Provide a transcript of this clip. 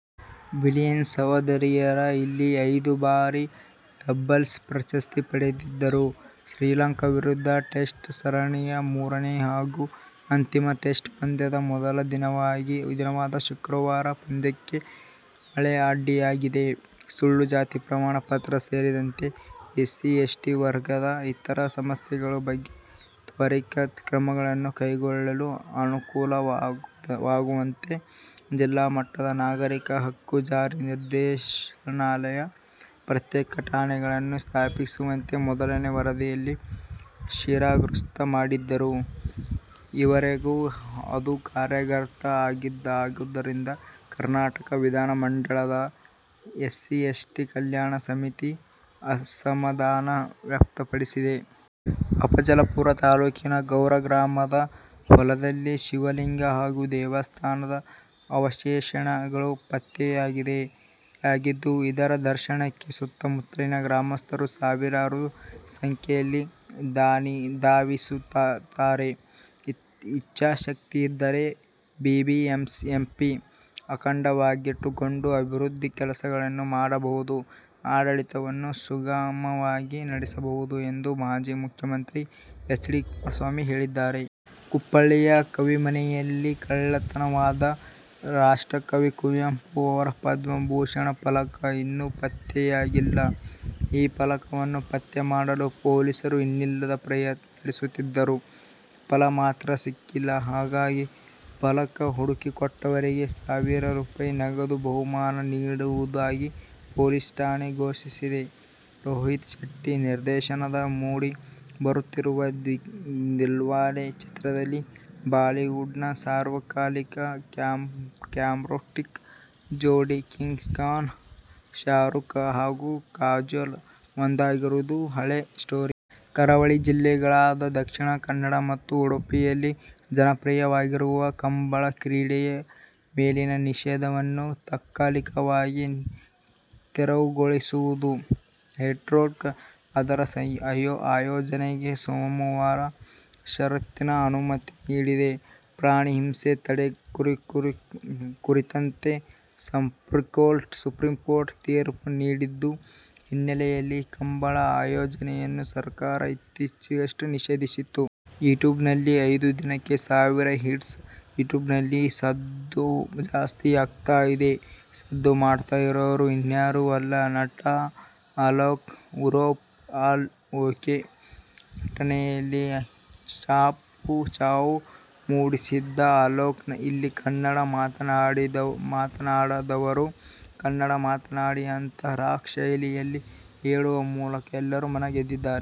Williams ಸಹೋದರಿಯರು ಇಲ್ಲಿ ಐದು ಬಾರಿ ಡಬಲ್ಸ್ ಪ್ರಶಸ್ತಿ ಜಯಿಸಿದ್ದರು. ಶ್ರೀಲಂಕಾ ವಿರುದ್ದ ಟೆಸ್ಟ್ ಸರಣಿಯ ಮೂರನೇ ಹಾಗೂ ಅಂತಿಮ ಟೆಸ್ಟ್ ಪಂದ್ಯ ದ ಮೊದಲ ದಿನವಾದ ಶುಕ್ರವಾರ ಪಂದ್ಯಕ್ಕೆ ಮಳೆಅಡ್ಡಿಯಾಗಿದೆ. ಸುಳ್ಳು ಜಾತಿ ಪ್ರಮಾಣ ಪತ್ರ ಸೇರಿದಂತೆ ಎಸ್ಸಿ, ಎಸ್ಟಿ ವರ್ಗದ ಇತರ ಸಮಸ್ಯೆಗಳ ಬಗ್ಗೆ ತ್ವರಿತ ಕ್ರಮಗಳನ್ನು ಕೈಗೊಳ್ಳಲು ಅನುಕೂಲವಾಗುವಂತೆ ಜಿಲ್ಲಾ ಮಟ್ಟದಲ್ಲಿ ನಾಗರಿಕ ಹಕ್ಕು ಜಾರಿ ನಿರ್ದೇಶನಾಲಯದ ಪ್ರತ್ಯೇಕ ಠಾಣೆಗಳನ್ನು ಸ್ಥಾಪಿಸುವಂತೆ ಮೊದಲನೇ ವರದಿಯಲ್ಲಿ ಶಿಫಾರಸು ಮಾಡಿದ್ದರೂ, ಈವರೆಗೆ ಅದು ಕಾರ್ಯಗತ ಆಗದಿರುವುದಕ್ಕೆ ಕರ್ನಾಟಕ ವಿಧಾನಮಂಡಲದ ಎಸ್ಸಿ, ಎಸ್ಟಿ ಕಲ್ಯಾಣ ಸಮಿತಿ ಅಸಮಾಧಾನ ವ್ಯಕ್ತಪಡಿಸಿದೆ. ಅಫಜಲಪುರ ತಾಲೂಕಿನ ಗೌರ ಗ್ರಾಮದ ಹೊಲದಲ್ಲಿ ಶಿವಲಿಂಗ ಹಾಗೂ ದೇವಾಲಯದ ಅವಶೇಷಗಳು ಪತ್ತೆಯಾಗಿದ್ದು, ಇದರ ದರ್ಶನಕ್ಕೆ ಸುತ್ತಮುತ್ತಲಿನ ಗ್ರಾಮಸ್ಥರು ಸಾವಿರಾರು ಸಂಖ್ಯೆಯಲ್ಲಿ ಧಾವಿಸುತ್ತಿದ್ದಾರೆ. "ಇಚ್ಛಾಶಕ್ತಿ ಇದ್ದರೆ ಬಿಬಿಎಂಪಿ ಅಖಂಡವಾಗಿಟ್ಟುಕೊಂಡು ಅಭಿವೃದ್ಧಿ ಕೆಲಸಗಳನ್ನೂ ಮಾಡಬಹುದು. ಆಡಳಿತವನ್ನು ಸುಗಮವಾಗಿ ನಡೆಸಬಹುದು' ಎಂದು ಮಾಜಿ ಮುಖ್ಯಮಂತ್ರಿ ಎಚ್. ಡಿ. ಕುಮಾರಸ್ವಾಮಿ ಹೇಳಿದ್ದಾರೆ. ಕುಪ್ಪಳ್ಳಿಯ ಕವಿಮನೆಯಲ್ಲಿ ಕಳ್ಳತನವಾದ ರಾಷ್ಟ್ರಕವಿ ಕುವೆಂಪು ಅವರ 'ಪದ್ಮವಿಭೂಷಣ' ಫಲಕ ಇನ್ನೂ ಪತ್ತೆಯಾಗಿಲ್ಲ. ಈ ಫಲಕವನ್ನು ಪತ್ತೆ ಮಾಡಲು ಪೊಲೀಸರು ಇನ್ನಿಲ್ಲದ ಪ್ರಯತ್ನ ನಡೆಸುತ್ತಿದ್ದರೂ ಫಲ ಮಾತ್ರ ಸಿಕ್ಕಿಲ್ಲ. ಹೀಗಾಗಿ ಫಲಕ ಹುಡುಕಿಕೊಟ್ಟವರಿಗೆ ಸಾವಿರ ರೂ. ನಗದು ಬಹುಮಾನ ನೀಡುವುದಾಗಿ ಪೊಲೀಸ್ ಇಲಾಖೆ ಘೋಷಿಸಿದೆ. ರೋಹಿತ್ ಶೆಟ್ಟಿ ನಿರ್ದೇಶನದಲ್ಲಿ ಮೂಡಿ ಬರುತ್ತಿರುವ ದಿಲ್ವಾಲೆ ಚಿತ್ರದಲ್ಲಿ ಬಾಲಿವುಡ್'ನ ಸಾರ್ವಕಾಲಿಕ ರೋಮ್ಯಾಂಟಿಕ್ ಜೋಡಿ ಕಿಂಗ್ ಖಾನ್ ಶಾರೂಕ್ ಹಾಗೂ ಕಾಜೋಲ್ ಒಂದಾಗಿರುವುದು ಹಳೇ ಸ್ಟೋರಿ. ಕರಾವಳಿ ಜಿಲ್ಲೆಗಳಾದ ದಕ್ಷಿಣ ಕನ್ನಡ ಮತ್ತು ಉಡುಪಿಯಲ್ಲಿ ಜನಪ್ರಿಯವಾಗಿರುವ ಕಂಬಳ ಕ್ರೀಡೆಯ ಮೇಲಿನ ನಿಷೇಧವನ್ನು ತಾತ್ಕಾಲಿಕವಾಗಿ ತೆರವುಗೊಳಿಸಿರುವ ಹೈಕೋರ್ಟ್, ಅದರ ಆಯೋಜನೆಗೆ ಸೋಮವಾರ ಷರತ್ತಿನ ಅನುಮತಿ ನೀಡಿದೆ. ಪ್ರಾಣಿ ಹಿಂಸೆ ತಡೆ ಕುರಿತಂತೆ ಸುಪ್ರೀಂಕೋರ್ಟ್ ತೀರ್ಪು ನೀಡಿದ್ದ ಹಿನ್ನೆಲೆಯಲ್ಲಿ ಕಂಬಳ ಆಯೋಜನೆಯನ್ನು ಸರ್ಕಾರ ಇತ್ತೀಚೆಗಷ್ಟೇ ನಿಷೇಧಿಸಿತ್ತು. ಯೂಟ್ಯೂಬ್ನಲ್ಲಿ ಐದು ದಿನಕ್ಕೆ ಸಾವಿರ ಹಿಟ್ಸ್, ಯೂಟ್ಯೂಬ್ನಲ್ಲಿ ಸದ್ದು ಜಾಸ್ತಿ ಆಗ್ತಾ ಇದೆ. ಸದ್ದು ಮಾಡ್ತಾ ಇರೋರು ಇನ್ಯಾರು ಅಲ್ಲ. ನಟ ಅಲೋಕ್ ಉರುಫ್ ಆಲ್ ಓಕೆ. ನಟನೆಯಲ್ಲಿ ಛಾಪು ಮೂಡಿಸಿದ್ದ ಅಲೋಕ್ "ಇಲ್ಲಿ ಕನ್ನಡ ಮಾತನಾಡದವರು ಕನ್ನಡ ಮಾತನಾಡಿ' ಅಂತ ರಾಕ್ ಶೈಲಿಯಲ್ಲಿ ಹೇಳುವ ಮೂಲಕ ಎಲ್ಲರ ಮನ ಗೆದ್ದಿದ್ದಾರೆ.